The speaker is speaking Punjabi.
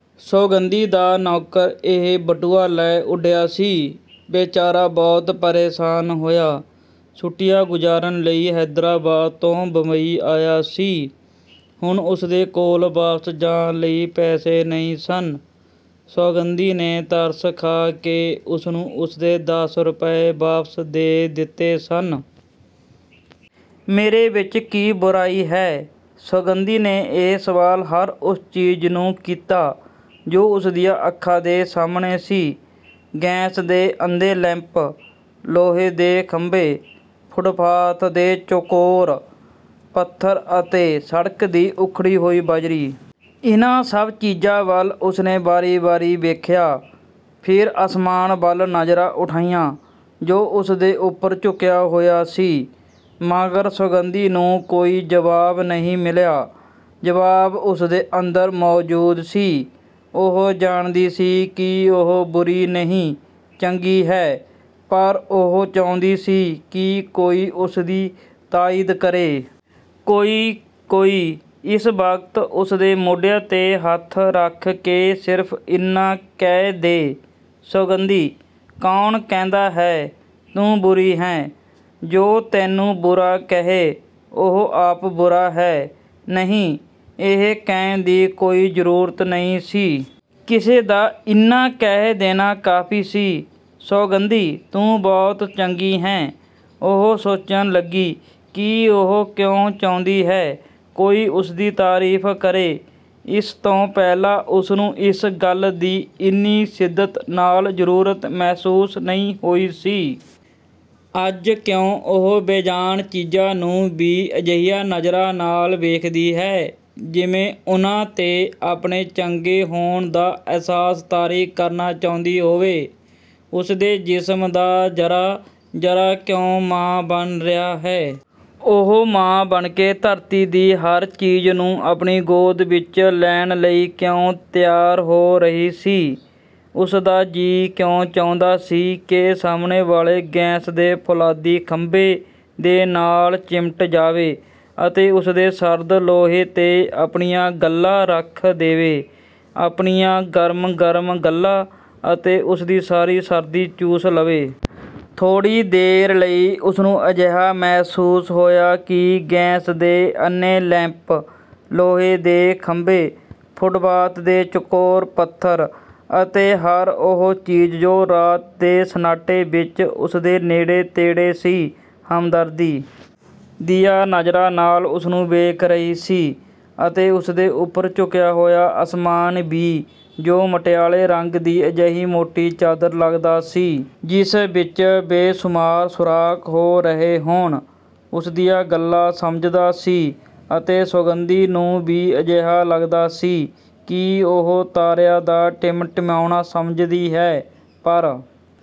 ਸੌਗੰਧੀ ਦਾ ਨੌਕਰ ਇਹ ਬਟੂਆ ਲੈ ਉੱਡਿਆ ਸੀ। ਬੇਚਾਰਾ ਬਹੁਤ ਪਰੇਸ਼ਾਨ ਹੋਇਆ। ਛੁੱਟੀਆਂ ਗੁਜ਼ਾਰਨ ਲਈ ਹੈਦਰਾਬਾਦ ਤੋਂ ਬੰਬਈ ਆਇਆ ਸੀ। ਹੁਣ ਉਸਦੇ ਕੋਲ ਵਾਪਸ ਜਾਣ ਲਈ ਪੈਸੇ ਨਹੀਂ ਸਨ। ਸੌਗੰਧੀ ਨੇ ਤਰਸ ਖਾ ਕੇ ਉਸਨੂੰ ਉਸਦੇ ਦਸ ਰੁਪਏ ਵਾਪਸ ਦੇ ਦਿੱਤੇ ਸਨ। ਮੇਰੇ ਵਿੱਚ ਕੀ ਬੁਰਾਈ ਹੈ? ਸੌਗੰਧੀ ਨੇ ਇਹ ਸਵਾਲ ਹਰ ਉਸ ਚੀਜ਼ ਨੂੰ ਕੀਤਾ ਜੋ ਉਸਦੀਆਂ ਅੱਖਾਂ ਦੇ ਸਾਹਮਣੇ ਸੀ। ਗੈਸ ਦੇ ਅੰਧੇ ਲੈਂਪ, ਲੋਹੇ ਦੇ ਖੰਭੇ, ਫੁਟਪਾਥ ਦੇ ਚੁਕੋਰ ਪੱਥਰ ਅਤੇ ਸੜਕ ਦੀ ਉਖੜੀ ਹੋਈ ਬਜਰੀ। ਇਨ੍ਹਾਂ ਸਭ ਚੀਜ਼ਾਂ ਵੱਲ ਉਸਨੇ ਵਾਰੀ ਵਾਰੀ ਵੇਖਿਆ, ਫਿਰ ਅਸਮਾਨ ਵੱਲ ਨਜ਼ਰਾਂ ਉਠਾਈਆਂ ਜੋ ਉਸਦੇ ਉੱਪਰ ਝੁੱਕਿਆ ਹੋਇਆ ਸੀ, ਮਗਰ ਸੌਗੰਧੀ ਨੂੰ ਕੋਈ ਜਵਾਬ ਨਹੀਂ ਮਿਲਿਆ। ਜਵਾਬ ਉਸਦੇ ਅੰਦਰ ਮੌਜੂਦ ਸੀ। ਉਹ ਜਾਣਦੀ ਸੀ ਕਿ ਉਹ ਬੁਰੀ ਨਹੀਂ, ਚੰਗੀ ਹੈ, ਪਰ ਉਹ ਚਾਹੁੰਦੀ ਸੀ ਕਿ ਕੋਈ ਉਸਦੀ ਤਾਈਦ ਕਰੇ। ਕੋਈ, ਕੋਈ, ਇਸ ਵਕਤ ਉਸਦੇ ਮੋਢਿਆਂ ਤੇ ਹੱਥ ਰੱਖ ਕੇ ਸਿਰਫ਼ ਇੰਨਾ ਕਹਿ ਦੇ, "ਸੌਗੰਧੀ! ਕੌਣ ਕਹਿੰਦਾ ਹੈ, ਤੂੰ ਬੁਰੀ ਹੈਂ, ਜੋ ਤੈਨੂੰ ਬੁਰਾ ਕਹੇ, ਉਹ ਆਪ ਬੁਰਾ ਹੈ।" ਨਹੀਂ, ਇਹ ਕਹਿਣ ਦੀ ਕੋਈ ਜ਼ਰੂਰਤ ਨਹੀਂ ਸੀ। ਕਿਸੇ ਦਾ ਇੰਨਾ ਕਹਿ ਦੇਣਾ ਕਾਫ਼ੀ ਸੀ, "ਸੌਗੰਧੀ, ਤੂੰ ਬਹੁਤ ਚੰਗੀ ਹੈਂ!" ਉਹ ਸੋਚਣ ਲੱਗੀ ਕਿ ਉਹ ਕਿਉਂ ਚਾਹੁੰਦੀ ਹੈ ਕੋਈ ਉਸਦੀ ਤਾਰੀਫ਼ ਕਰੇ। ਇਸ ਤੋਂ ਪਹਿਲਾਂ ਉਸਨੂੰ ਇਸ ਗੱਲ ਦੀ ਇੰਨੀ ਸ਼ਿੱਦਤ ਨਾਲ਼ ਜ਼ਰੂਰਤ ਮਹਿਸੂਸ ਨਹੀਂ ਹੋਈ ਸੀ। ਅੱਜ ਕਿਉਂ ਉਹ ਬੇਜਾਨ ਚੀਜ਼ਾਂ ਨੂੰ ਵੀ ਅਜਿਹੀਆਂ ਨਜ਼ਰਾਂ ਨਾਲ਼ ਵੇਖਦੀ ਹੈ, ਜਿਵੇਂ ਉਨ੍ਹਾਂ ਤੇ ਆਪਣੇ ਚੰਗੇ ਹੋਣ ਦਾ ਅਹਿਸਾਸ ਤਾਰੀ ਕਰਨਾ ਚਾਹੁੰਦੀ ਹੋਵੇ, ਉਸਦੇ ਜਿਸਮ ਦਾ ਜ਼ੱਰਾ ਜ਼ੱਰਾ ਕਿਉਂ ਮਾਂ ਬਣ ਰਿਹਾ ਹੈ। ਉਹ ਮਾਂ ਬਣ ਕੇ ਧਰਤੀ ਦੀ ਹਰ ਚੀਜ਼ ਨੂੰ ਆਪਣੀ ਗੋਦ ਵਿੱਚ ਲੈਣ ਲਈ ਕਿਉਂ ਤਿਆਰ ਹੋ ਰਹੀ ਸੀ? ਉਸ ਦਾ ਜੀ ਕਿਉਂ ਚਾਹੁੰਦਾ ਸੀ ਕਿ ਸਾਹਮਣੇ ਵਾਲੇ ਗੈਸ ਦੇ ਫੌਲਾਦੀ ਖੰਭੇ ਦੇ ਨਾਲ਼ ਚਿਮਟ ਜਾਵੇ ਅਤੇ ਉਸਦੇ ਸਰਦ ਲੋਹੇ ਤੇ ਆਪਣੀਆਂ ਗੱਲ੍ਹਾਂ ਰੱਖ ਦੇਵੇ, ਆਪਣੀਆਂ ਗਰਮ-ਗਰਮ ਗੱਲ੍ਹਾਂ ਅਤੇ ਉਸਦੀ ਸਾਰੀ ਸਰਦੀ ਚੂਸ ਲਵੇ। ਥੋੜ੍ਹੀ ਦੇਰ ਲਈ ਉਸਨੂੰ ਅਜਿਹਾ ਮਹਿਸੂਸ ਹੋਇਆ ਕਿ ਗੈਸ ਦੇ ਅੰਨ੍ਹੇ ਲੈਂਪ, ਲੋਹੇ ਦੇ ਖੰਭੇ, ਫੁਟਪਾਥ ਦੇ ਚਕੋਰ ਪੱਥਰ ਅਤੇ ਹਰ ਉਹ ਚੀਜ਼ ਜੋ ਰਾਤ ਦੇ ਸੰਨਾਟੇ ਵਿੱਚ ਉਸਦੇ ਨੇੜੇ ਤੇੜੇ ਸੀ, ਹਮਦਰਦੀ ਦੀਆਂ ਨਜ਼ਰਾਂ ਨਾਲ਼ ਉਸਨੂੰ ਵੇਖ ਰਹੀ ਸੀ ਅਤੇ ਉਸਦੇ ਉੱਪਰ ਝੁੱਕਿਆ ਹੋਇਆ ਅਸਮਾਨ ਵੀ ਜੋ ਮਟਿਆਲੇ ਰੰਗ ਦੀ ਅਜਿਹੀ ਮੋਟੀ ਚਾਦਰ ਲੱਗਦਾ ਸੀ ਜਿਸ ਵਿੱਚ ਬੇਸ਼ੁਮਾਰ ਸੂਰਾਖ਼ ਹੋ ਰਹੇ ਹੋਣ, ਉਸਦੀਆਂ ਗੱਲਾਂ ਸਮਝਦਾ ਸੀ ਅਤੇ ਸੌਗੰਧੀ ਨੂੰ ਵੀ ਅਜਿਹਾ ਲੱਗਦਾ ਸੀ ਕਿ ਉਹ ਤਾਰਿਆਂ ਦਾ ਟਿਮਟਿਮਾਉਣਾ ਸਮਝਦੀ ਹੈ। ਪਰ